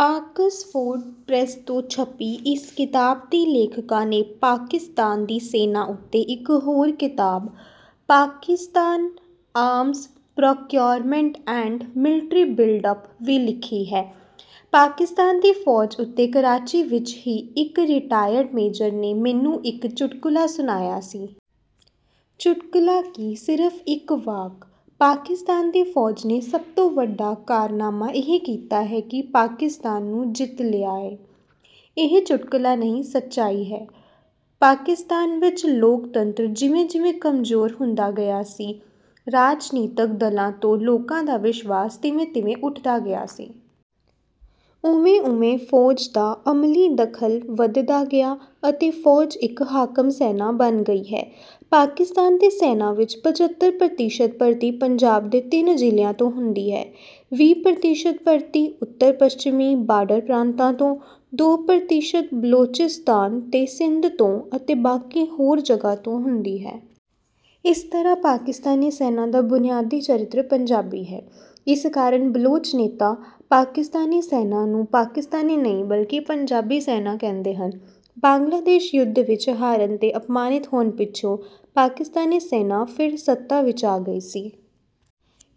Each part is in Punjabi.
ਆਕਸਫੋਰਡ ਪ੍ਰੈੱਸ ਤੋਂ ਛਪੀ ਇਸ ਕਿਤਾਬ ਦੀ ਲੇਖਕਾ ਨੇ ਪਾਕਿਸਤਾਨ ਦੀ ਸੈਨਾ ਉੱਤੇ ਇਕ ਹੋਰ ਕਿਤਾਬ ‘Pakistan arms procurement and military buildup' ਵੀ ਲਿਖੀ ਹੈ। ਪਾਕਿਸਤਾਨ ਦੀ ਫੌਜ ਉੱਤੇ ਕਰਾਚੀ ਵਿਚ ਹੀ ਇਕ ਰਿਟਾਇਰਡ ਮੇਜਰ ਨੇ ਮੈਨੂੰ ਇਕ ਚੁਟਕਲਾ ਸੁਣਾਇਆ ਸੀ। ਚੁਟਕਲਾ ਕੀ, ਸਿਰਫ਼ ਇਕ ਵਾਕ—‘ਪਾਕਿਸਤਾਨ ਦੀ ਫੌਜ ਨੇ ਸਭ ਤੋਂ ਵੱਡਾ ਕਾਰਨਾਮਾ ਇਹ ਕੀਤਾ ਹੈ ਕਿ ਪਾਕਿਸਤਾਨ ਨੂੰ ਜਿੱਤ ਲਿਆ ਏ।’ ਇਹ ਚੁਟਕਲਾ ਨਹੀਂ, ਸੱਚਾਈ ਹੈ। ਪਾਕਿਸਤਾਨ ਵਿਚ ਲੋਕਤੰਤਰ ਜਿਵੇਂ-ਜਿਵੇਂ ਕਮਜ਼ੋਰ ਹੁੰਦਾ ਗਿਆ ਸੀ, ਰਾਜਨੀਤਕ ਦਲਾਂ ਤੋਂ ਲੋਕਾਂ ਦਾ ਵਿਸ਼ਵਾਸ ਤਿਵੇਂ-ਤਿਵੇਂ ਉੱਠਦਾ ਗਿਆ ਸੀ। ਓਵੇਂ-ਓਵੇਂ ਫੌਜ ਦਾ ਅਮਲੀ ਦਖ਼ਲ ਵਧਦਾ ਗਿਆ ਅਤੇ ਫੌਜ ਇਕ ਹਾਕਮ-ਸੈਨਾ ਬਣ ਗਈ ਹੈ। ਪਾਕਿਸਤਾਨ ਦੀ ਸੈਨਾ ਵਿਚ ਪਚੱਤਰ ਪ੍ਰਤੀਸ਼ਤ ਭਰਤੀ ਪੰਜਾਬ ਦੇ ਤਿੰਨ ਜ਼ਿਲ੍ਹਿਆਂ ਤੋਂ ਹੁੰਦੀ ਹੈ। ਵੀਹ ਪ੍ਰਤੀਸ਼ਤ ਭਰਤੀ ਉੱਤਰ-ਪੱਛਮੀ ਬਾਰਡਰ ਪ੍ਰਾਂਤਾਂ ਤੋਂ, ਦੋ ਪ੍ਰਤੀਸ਼ਤ ਬਲੋਚਿਸਤਾਨ ਤੇ ਸਿੰਧ ਤੋਂ ਅਤੇ ਬਾਕੀ ਹੋਰ ਜਗ੍ਹਾਂ ਤੋਂ ਹੁੰਦੀ ਹੈ। ਇਸ ਤਰ੍ਹਾਂ ਪਾਕਿਸਤਾਨੀ ਸੈਨਾ ਦਾ ਬੁਨਿਆਦੀ ਚਰਿੱਤਰ ਪੰਜਾਬੀ ਹੈ। ਇਸ ਕਾਰਨ ਬਲੋਚ ਨੇਤਾ ਪਾਕਿਸਤਾਨੀ ਸੈਨਾ ਨੂੰ ਪਾਕਿਸਤਾਨੀ ਨਹੀਂ, ਬਲਕਿ ਪੰਜਾਬੀ ਸੈਨਾ ਕਹਿੰਦੇ ਹਨ। ਬੰਗਲਾਦੇਸ਼ ਯੁੱਧ ਵਿਚ ਹਾਰਨ ਤੇ ਅਪਮਾਨਿਤ ਹੋਣ ਪਿੱਛੋਂ ਪਾਕਿਸਤਾਨੀ ਸੈਨਾ ਫਿਰ ਸੱਤਾ ਵਿਚ ਆ ਗਈ ਸੀ।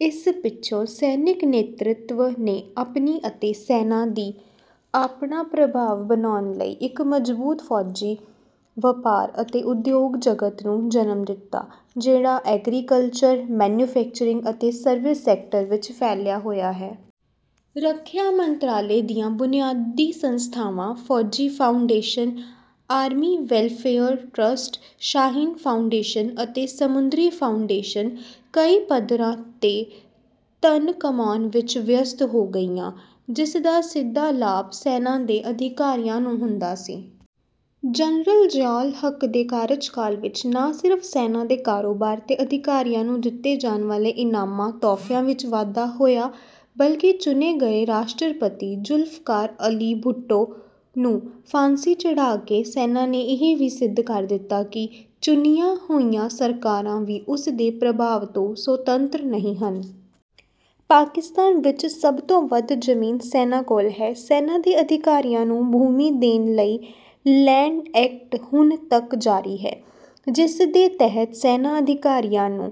ਇਸ ਪਿੱਛੋਂ ਸੈਨਿਕ ਨੇਤ੍ਰਤਵ ਨੇ ਆਪਣੀ ਅਤੇ ਸੈਨਾ ਦੀ ਆਪਣਾ ਪ੍ਰਭਾਵ ਬਣਾਉਣ ਲਈ ਇਕ ਮਜ਼ਬੂਤ ਫੌਜੀ ਵਪਾਰ ਅਤੇ ਉਦਯੋਗ ਜਗਤ ਨੂੰ ਜਨਮ ਦਿੱਤਾ, ਜਿਹੜਾ ਐਗਰੀਕਲਚਰ, ਮੈਨੂਫੈਕਚਰਿੰਗ ਅਤੇ ਸਰਵਿਸ ਸੈਕਟਰ ਵਿਚ ਫੈਲਿਆ ਹੋਇਆ ਹੈ। ਰੱਖਿਆ ਮੰਤਰਾਲੇ ਦੀਆਂ ਬੁਨਿਆਦੀ ਸੰਸਥਾਵਾਂ Fauji Foundation, Army Welfare Trust, Shaheen Foundation ਅਤੇ ਸਮੁੰਦਰੀ ਫਾਊਂਡੇਸ਼ਨ ਕਈ ਪੱਧਰਾਂ ’ਤੇ ਧਨ ਕਮਾਉਣ ਵਿਚ ਵਿਅਸਤ ਹੋ ਗਈਆਂ, ਜਿਸ ਦਾ ਸਿੱਧਾ ਲਾਭ ਸੈਨਾ ਦੇ ਅਧਿਕਾਰੀਆਂ ਨੂੰ ਹੁੰਦਾ ਸੀ। ਜਨਰਲ ਜ਼ਿਆਉਲ ਹੱਕ ਦੇ ਕਾਰਜਕਾਲ ਵਿਚ ਨਾ ਸਿਰਫ਼ ਸੈਨਾ ਦੇ ਕਾਰੋਬਾਰ ਤੇ ਅਧਿਕਾਰੀਆਂ ਨੂੰ ਦਿੱਤੇ ਜਾਣ ਵਾਲੇ ਇਨਾਮਾਂ-ਤੋਹਫ਼ਿਆਂ ਵਿਚ ਵਾਧਾ ਹੋਇਆ, ਬਲਕਿ ਚੁਣੇ ਗਏ ਰਾਸ਼ਟਰਪਤੀ ਜ਼ੁਲਫ਼ਕਾਰ ਅਲੀ ਭੁੱਟੋ ਨੂੰ ਫਾਂਸੀ ਚੜ੍ਹਾ ਕੇ ਸੈਨਾ ਨੇ ਇਹ ਵੀ ਸਿੱਧ ਕਰ ਦਿੱਤਾ ਕਿ ਚੁਣੀਆਂ ਹੋਈਆਂ ਸਰਕਾਰਾਂ ਵੀ ਉਸਦੇ ਪ੍ਰਭਾਵ ਤੋਂ ਸੁਤੰਤਰ ਨਹੀਂ ਹਨ। ਪਾਕਿਸਤਾਨ ਵਿਚ ਸਭ ਤੋਂ ਵੱਧ ਜ਼ਮੀਨ ਸੈਨਾ ਕੋਲ ਹੈ। ਸੈਨਾ ਦੇ ਅਧਿਕਾਰੀਆਂ ਨੂੰ ਭੂਮੀ ਦੇਣ ਲਈ ਲੈਂਡ ਐਕਟ ਹੁਣ ਤੱਕ ਜਾਰੀ ਹੈ, ਜਿਸ ਦੇ ਤਹਿਤ ਸੈਨਾ ਅਧਿਕਾਰੀਆਂ ਨੂੰ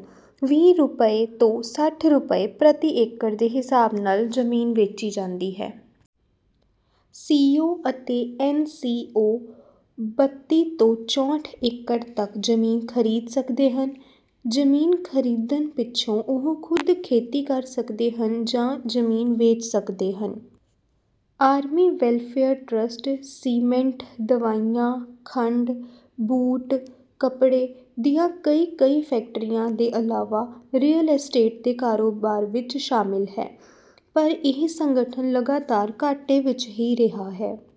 ਵੀਹ ਰੁਪਏ ਤੋਂ ਸੱਠ ਰੁਪਏ ਪ੍ਰਤੀ ਏਕੜ ਦੇ ਹਿਸਾਬ ਨਾਲ ਜ਼ਮੀਨ ਵੇਚੀ ਜਾਂਦੀ ਹੈ। ਸੀ.ਓ. ਅਤੇ ਐਨ.ਸੀ.ਓ. ਬੱਤੀ ਤੋਂ ਚੌਂਹਠ ਏਕੜ ਤੱਕ ਜ਼ਮੀਨ ਖਰੀਦ ਸਕਦੇ ਹਨ। ਜ਼ਮੀਨ ਖਰੀਦਣ ਪਿੱਛੋਂ ਉਹ ਖ਼ੁਦ ਖੇਤੀ ਕਰ ਸਕਦੇ ਹਨ ਜਾਂ ਜ਼ਮੀਨ ਵੇਚ ਸਕਦੇ ਹਨ। ‘ਆਰਮੀ ਵੈਲਫੇਅਰ ਟਰਸਟ’ ਸੀਮੈਂਟ, ਦਵਾਈਆਂ, ਖੰਡ, ਬੂਟ, ਕੱਪੜੇ ਦੀਆਂ ਕਈ-ਕਈ ਫੈਕਟਰੀਆਂ ਦੇ ਇਲਾਵਾ ‘ਰੀਅਲ ਐਸਟੇਟ’ ਦੇ ਕਾਰੋਬਾਰ ਵਿਚ ਸ਼ਾਮਲ ਹੈ, ਪਰ ਇਹ ਸੰਗਠਨ ਲਗਾਤਾਰ ਘਾਟੇ ਵਿਚ ਹੀ ਰਿਹਾ ਹੈ।